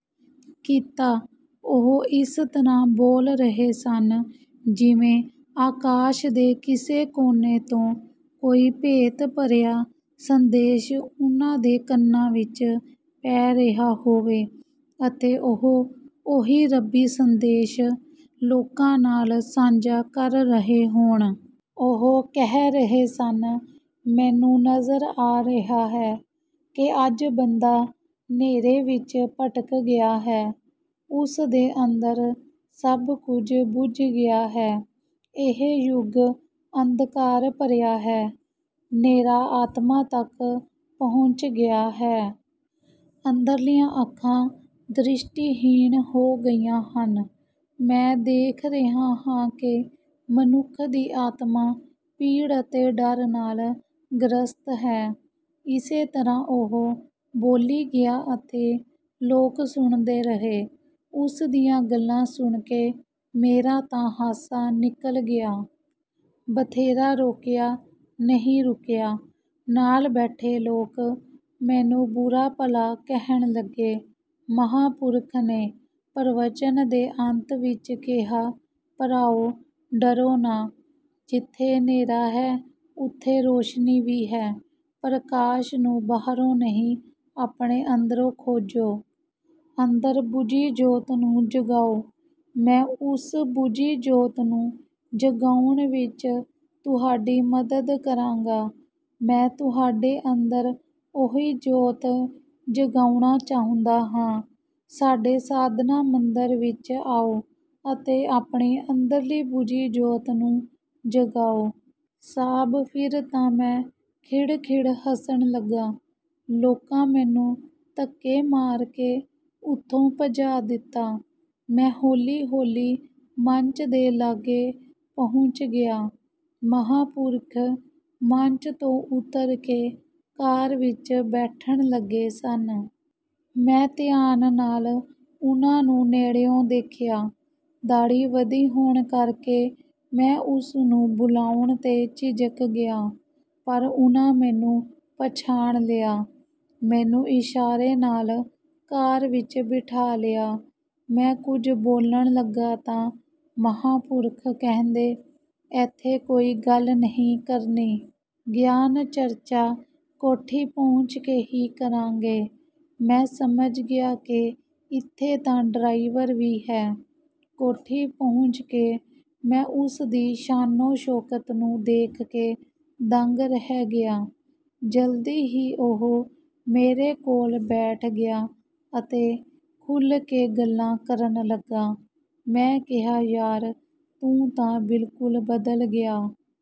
ਕੀਤਾ। ਉਹ ਇਸ ਤਰ੍ਹਾਂ ਬੋਲ ਰਹੇ ਸਨ ਜਿਵੇਂ ਆਕਾਸ਼ ਦੇ ਕਿਸੇ ਕੋਨੇ ਤੋਂ ਕੋਈ ਭੇਤ ਭਰਿਆ ਸੰਦੇਸ਼ ਉਨ੍ਹਾਂ ਦੇ ਕੰਨਾਂ ਵਿੱਚ ਪੈ ਰਿਹਾ ਹੋਵੇ ਅਤੇ ਉਹ ਉਹੀ ਰੱਬੀ ਸੰਦੇਸ਼ ਲੋਕਾਂ ਨਾਲ ਸਾਂਝਾ ਕਰ ਰਹੇ ਹੋਣ। ਉਹ ਕਹਿ ਰਹੇ ਸਨ, "ਮੈਨੂੰ ਨਜ਼ਰ ਆ ਰਿਹਾ ਹੈ ਕਿ ਅੱਜ ਬੰਦਾ ਨ੍ਹੇਰੇ ਵਿੱਚ ਭਟਕ ਗਿਆ ਹੈ। ਉਸ ਦੇ ਅੰਦਰ ਸਭ ਕੁਝ ਬੁਝ ਗਿਆ ਹੈ। ਇਹ ਯੁੱਗ ਅੰਧਕਾਰ ਭਰਿਆ ਹੈ। ਨ੍ਹੇਰਾ ਆਤਮਾ ਤੱਕ ਪਹੁੰਚ ਗਿਆ ਹੈ। ਅੰਦਰਲੀਆਂ ਅੱਖਾਂ ਦ੍ਰਿਸ਼ਟੀਹੀਣ ਹੋ ਗਈਆਂ ਹਨ। ਮੈਂ ਦੇਖ ਰਿਹਾ ਹਾਂ ਕਿ ਮਨੁੱਖ ਦੀ ਆਤਮਾ ਪੀੜ ਅਤੇ ਡਰ ਨਾਲ ਗ੍ਰਸਤ ਹੈ।" ਇਸੇ ਤਰ੍ਹਾਂ ਉਹ ਬੋਲੀ ਗਿਆ ਅਤੇ ਲੋਕ ਸੁਣਦੇ ਰਹੇ। ਉਸ ਦੀਆਂ ਗੱਲਾਂ ਸੁਣ ਕੇ ਮੇਰਾ ਤਾਂ ਹਾਸਾ ਨਿਕਲ ਗਿਆ। ਬਥੇਰਾ ਰੋਕਿਆ, ਨਹੀਂ ਰੁਕਿਆ। ਨਾਲ ਬੈਠੇ ਲੋਕ ਮੈਨੂੰ ਬੁਰਾ-ਭਲਾ ਕਹਿਣ ਲੱਗੇ। ਮਹਾਂਪੁਰਖ ਨੇ ਪ੍ਰਵਚਨ ਦੇ ਅੰਤ ਵਿੱਚ ਕਿਹਾ, "ਭਰਾਓ ਡਰੋ ਨਾ। ਜਿੱਥੇ ਨ੍ਹੇਰਾ ਹੈ, ਉੱਥੇ ਰੌਸ਼ਨੀ ਵੀ ਹੈ। ਪ੍ਰਕਾਸ਼ ਨੂੰ ਬਾਹਰੋਂ ਨਹੀਂ ਆਪਣੇ ਅੰਦਰੋਂ ਖੋਜੋ। ਅੰਦਰ ਬੁਝੀ ਜੋਤ ਨੂੰ ਜਗਾਉ। ਮੈਂ ਉਸ ਬੁਝੀ ਜੋਤ ਨੂੰ ਜਗਾਉਣ ਵਿੱਚ ਤੁਹਾਡੀ ਮਦਦ ਕਰਾਂਗਾ। ਮੈਂ ਤੁਹਾਡੇ ਅੰਦਰ ਉਹੀ ਜੋਤ ਜਗਾਉਣਾ ਚਾਹੁੰਦਾ ਹਾਂ। ਸਾਡੇ 'ਸਾਧਨਾ ਮੰਦਰ' ਵਿੱਚ ਆਉ ਅਤੇ ਆਪਣੀ ਅੰਦਰਲੀ ਬੁਝੀ ਜੋਤ ਨੂੰ ਜਗਾਉ।" ਸਾਬ੍ਹ ਫਿਰ ਤਾਂ ਮੈਂ ਖਿੜ ਖਿੜ ਹੱਸਣ ਲੱਗਾ। ਲੋਕਾਂ ਮੈਨੂੰ ਧੱਕੇ ਮਾਰ ਕੇ ਉੱਥੋਂ ਭਜਾ ਦਿੱਤਾ। ਮੈਂ ਹੌਲੀ ਹੌਲੀ ਮੰਚ ਦੇ ਲਾਗੇ ਪਹੁੰਚ ਗਿਆ। ਮਹਾਂਪੁਰਖ ਮੰਚ ਤੋਂ ਉੱਤਰ ਕੇ ਕਾਰ ਵਿੱਚ ਬੈਠਣ ਲੱਗੇ ਸਨ। ਮੈਂ ਧਿਆਨ ਨਾਲ ਉਨ੍ਹਾਂ ਨੂੰ ਨੇੜਿਉਂ ਦੇਖਿਆ। ਦਾੜ੍ਹੀ ਵਧੀ ਹੋਣ ਕਰਕੇ ਮੈਂ ਉਸ ਨੂੰ ਬੁਲਾਉਣ 'ਤੇ ਝਿਜਕ ਗਿਆ, ਪਰ ਉਨ੍ਹਾਂ ਮੈਨੂੰ ਪਛਾਣ ਲਿਆ। ਮੈਨੂੰ ਇਸ਼ਾਰੇ ਨਾਲ ਕਾਰ ਵਿੱਚ ਬਿਠਾ ਲਿਆ। ਮੈਂ ਕੁਝ ਬੋਲਣ ਲੱਗਦਾ ਤਾਂ ਮਹਾਂਪੁਰਖ ਕਹਿੰਦੇ, "ਐਥੇ ਕੋਈ ਗੱਲ ਨਹੀਂ ਕਰਨੀ। ਗਿਆਨ ਚਰਚਾ ਕੋਠੀ ਪਹੁੰਚ ਕੇ ਹੀ ਕਰਾਂਗੇ।" ਮੈਂ ਸਮਝ ਗਿਆ ਕਿ ਇੱਥੇ ਤਾਂ ਡਰਾਈਵਰ ਵੀ ਹੈ। ਕੋਠੀ ਪਹੁੰਚ ਕੇ ਮੈਂ ਉਸ ਦੀ ਸ਼ਾਨੋ-ਸ਼ੌਕਤ ਨੂੰ ਦੇਖ ਕੇ ਦੰਗ ਰਹਿ ਗਿਆ। ਜਲਦੀ ਹੀ ਉਹ ਮੇਰੇ ਕੋਲ ਬੈਠ ਗਿਆ ਅਤੇ ਖੁੱਲ੍ਹ ਕੇ ਗੱਲਾਂ ਕਰਨ ਲੱਗਾ। ਮੈਂ ਕਿਹਾ, "ਯਾਰ ਤੂੰ ਤਾਂ ਬਿਲਕੁਲ ਬਦਲ ਗਿਆ।"